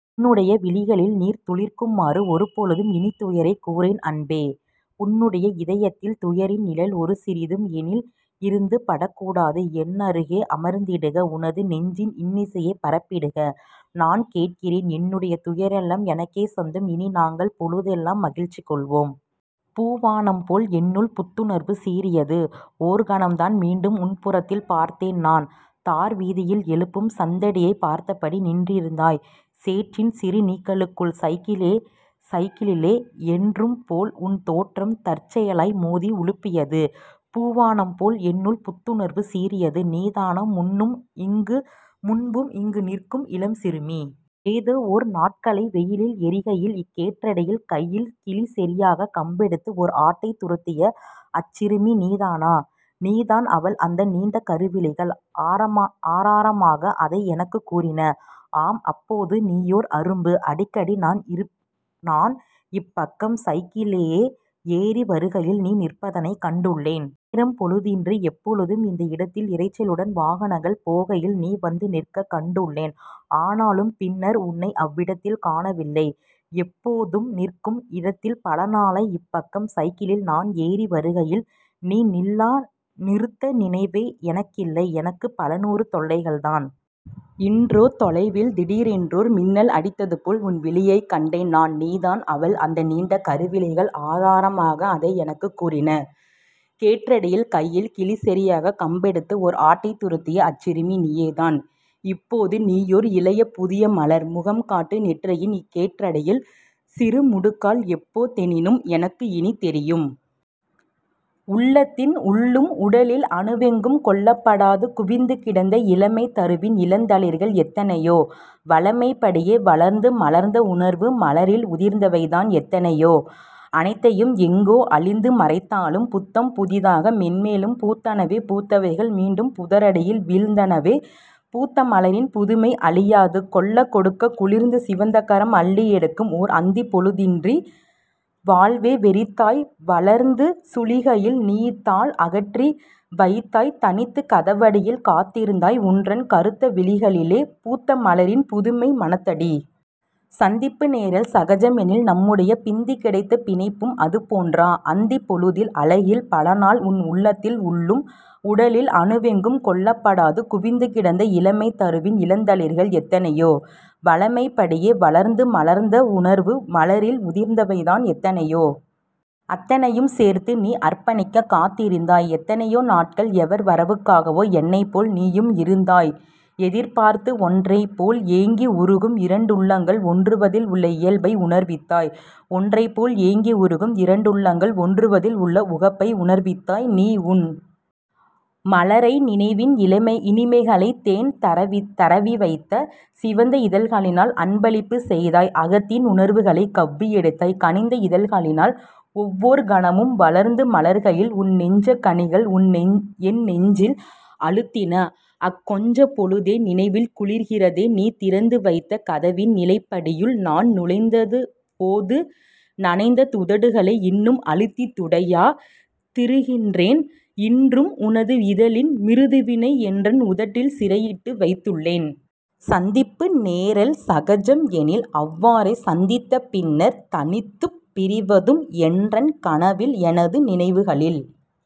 உன்னுடைய விழிகளில் நீர் துளிர்க்குமாறு ஒரு பொழுதும் இனித்துயரைக் கூறேன் அன்பே உன்னுடைய இதயத்தில் துயரின் நிழல் ஒருசிறிதும் எனில் இருந்து படக்கூடாது. என்னருகே அமர்ந்திடுக உனது நெஞ்சின் இன்னிசையைப் பரப்பிடுக நான் கேட்கின்றேன் என்னுடைய துயரெல்லாம் எனக்கே சொந்தம் இனி நாங்கள் பொழுதெல்லாம் மகிழ்ச்சி கொள்வோம். பூவாணம் போல் என்னுள் புத்துணர்வு சீறியது ஓர்கணம்தான் மீண்டும் உன்புறத்தில் பார்த்தேன் நான். தார்வீதியில் எழும்பும் சந்தடியைப் பார்த்தபடி நின்றிருந்தாய் சேற்றின் சிறு நீக்கலுக்குள். சைக்கிளே சைக்கிளிலே என்றும்போல் சென்ற எனது விழிகளிலே உன் தோற்றம் தற்செயலாய் மோதி உலுப்பியதும் பூவாணம்போல் என்னுள் புத்துணர்வு சீறியது. நீதானா முன்பும் மும்பு இங்கு நிற்கும் இளம் சிறுமி? ஏதோ ஓர் நாட்கலை வெய்யில் எரிக்கையில் இக் கேற்றடியில் கையில் கிளிசெறியாக் கம்பெடுத்து ஓர் ஆட்டைத் துரத்திய அச்சிறுமி நீதானா? நீதான் அவள் அந்த நீண்ட கருவிழிகள் ஆரமா ஆராரமாக அதை எனக்குக் கூறின. ஆம் அப்போது நீயோர் அரும்பு. அடிக்கடி நா நான் இப்பக்கம் சைக்களிலே ஏறி வருகையில் நீ நிற்பதனைக் கண்டுள்ளேன். நேரம் பொழுதின்றி எப்போதும் இந்த இடத்தில் இரைச்சலுடன் வாகனங்கள் போகையில் நீ வந்து நிற்கக் கண்டுள்ளேன். ஆனாலும் பின்னர் உனை அவ்விடத்தில் காணவில்லை. எப்போதும் நிற்கும் இடத்தில் பலநாளாய் இப்பக்கம் சைக்கிளில் நான் ஏறி வருகையில் நீ நில்லா நிருந்த நினைவே எனக்கில்லை. எனக்கும் பலநூறு தொல்லைகள்தான். இன்றோ, தொலைவில் திடீரென்றோர் மின்னல் அடித்ததுபோல் உன்விழியைக் கண்டேன் நான். நீதான் அவள் அந்த நீண்ட கருவிழிகள் ஆதாரமாக அதை எனக்குக் கூறின. கேற்றடியில் கையில் கிளிசெறியாக் கம்பெடுத்து ஓர் ஆட்டைத் துரத்திய அச்சிறுமி நீயேதான். இப்போது நீயோர் இளைய புதியமலர். முகம்காட்டு நெற்றி இக் கேற்றின் சிறுமுடுக்கால் எப்போ தெனினும் எனக்கு இனித் தெரியும். உள்ளத்தின் உள்ளும் உடலின் அணுவெங்கும் கொள்ளப்படாது குவிந்து கிடந்த இளமைத் தருவின் இளந்தளிர்கள் எத்தைனையோ? வழமைப்படியே வளர்ந்து மலர்ந்த உணர்வு மலரில் உதிர்ந்தவைதான் எத்தனையோ அத்தனையும் எங்கோ அழிந்து மறைந்தாலும் புத்தம் புதிதாக மென்மேலும் பூத்தனவே பூத்தவைகள் மீண்டும் புதர் அடியில் வீழ்ந்தனவே பூத்த மலரின் புதுமை அழியாது கொள்ளக் கொடுக்க குளிர்ந்து சிவந்தகரம் அள்ளி எடுக்கும் ஓர் அந்திப் பொழுதின்றி வாழ்வே வெறிதாய் வளர்ந்து சுழிகையில் நீ தாள் அகற்றி வைத்தாய் தனித்துக் கதவடியில் காத்திருந்தாய் உன்றன் கறுத்த விழிகளிலே பூத்த மலரின் புதுமை மணத்தடி... சந்திப்பு நேரல் சகஜம் எனில் நம்முடைய பிந்திக் கிடைத்த பிணைப்பும் அதுபோன்றா? அந்திப் பொழுதின் அழகில் பலநாள் உன் உள்ளத்தின் உள்ளும் உடலின் அணுவெங்கும் கொள்ளப்படாது குவிந்து கிடந்த இளமைத் தருவின் இளந்தளிர்கள் எத்தனையோ? வழமைப் படியே வளர்ந்து மலர்ந்த உணர்வு மலரில் உதிர்ந்தவைதான் எத்தனையோ? அத்தனையும் சேர்த்து நீ அர்ப்பணிக்கக் காத்திருந்தாய் எத்தனையோ நாட்கள் எவர் வரவுக்காகவோ என்னைப்போல் நீயும் இருந்தாய் எதிர்பார்த்து ஒன்றைப் போல் ஏங்கி உருகும் இரண்டுளங்கள் ஒன்றுவதில் உள்ள இயல்பை உணர்வித்தாய் ஒன்றைப் போல் ஏங்கி உருகும் இரண்டுளங்கள் ஒன்றுவதில் உள்ள உகப்பை உணர்வித்தாய். நீ உன் மலரை நினைவின் இளமை இனிமைகளை தேன் தரவி தரவிவைத்த சிவந்த இதழ்களினால் அன்பளிப்புச் செய்தாய் அகத்தின் உணர்வுகளைக் கவ்வி எடுத்தாய் கனிந்த இதழ்களினால் ஒவ்வோர் கணமும் வளர்ந்து மலர்கையில் உன் நெஞ்சக் கனிகள் என் நெஞ்சில் அழுந்தின அக் கொஞ்சப் பொழுதோ நினைவில் குளிர்கிறதே நீதிறந்து வைத்த கதவின் நிலைப்படியுள் நான் நுழைந்த போது நனைந்த உதடுகளை இன்னும் அழுத்தித் துடையா திருக்கின்றேன் இன்றும் உனது இதழின் மிருதுவினை என்றன் உதட்டில் சிறையிட்டு வைத்துள்ளேன். சந்திப்பு நேரல் சகஜம் எனில் அவ்வாறே சந்தித்த பின்னர் தனித்துப் பிரிவதும் என்றன் கனவில் எனது நினைவுகளில்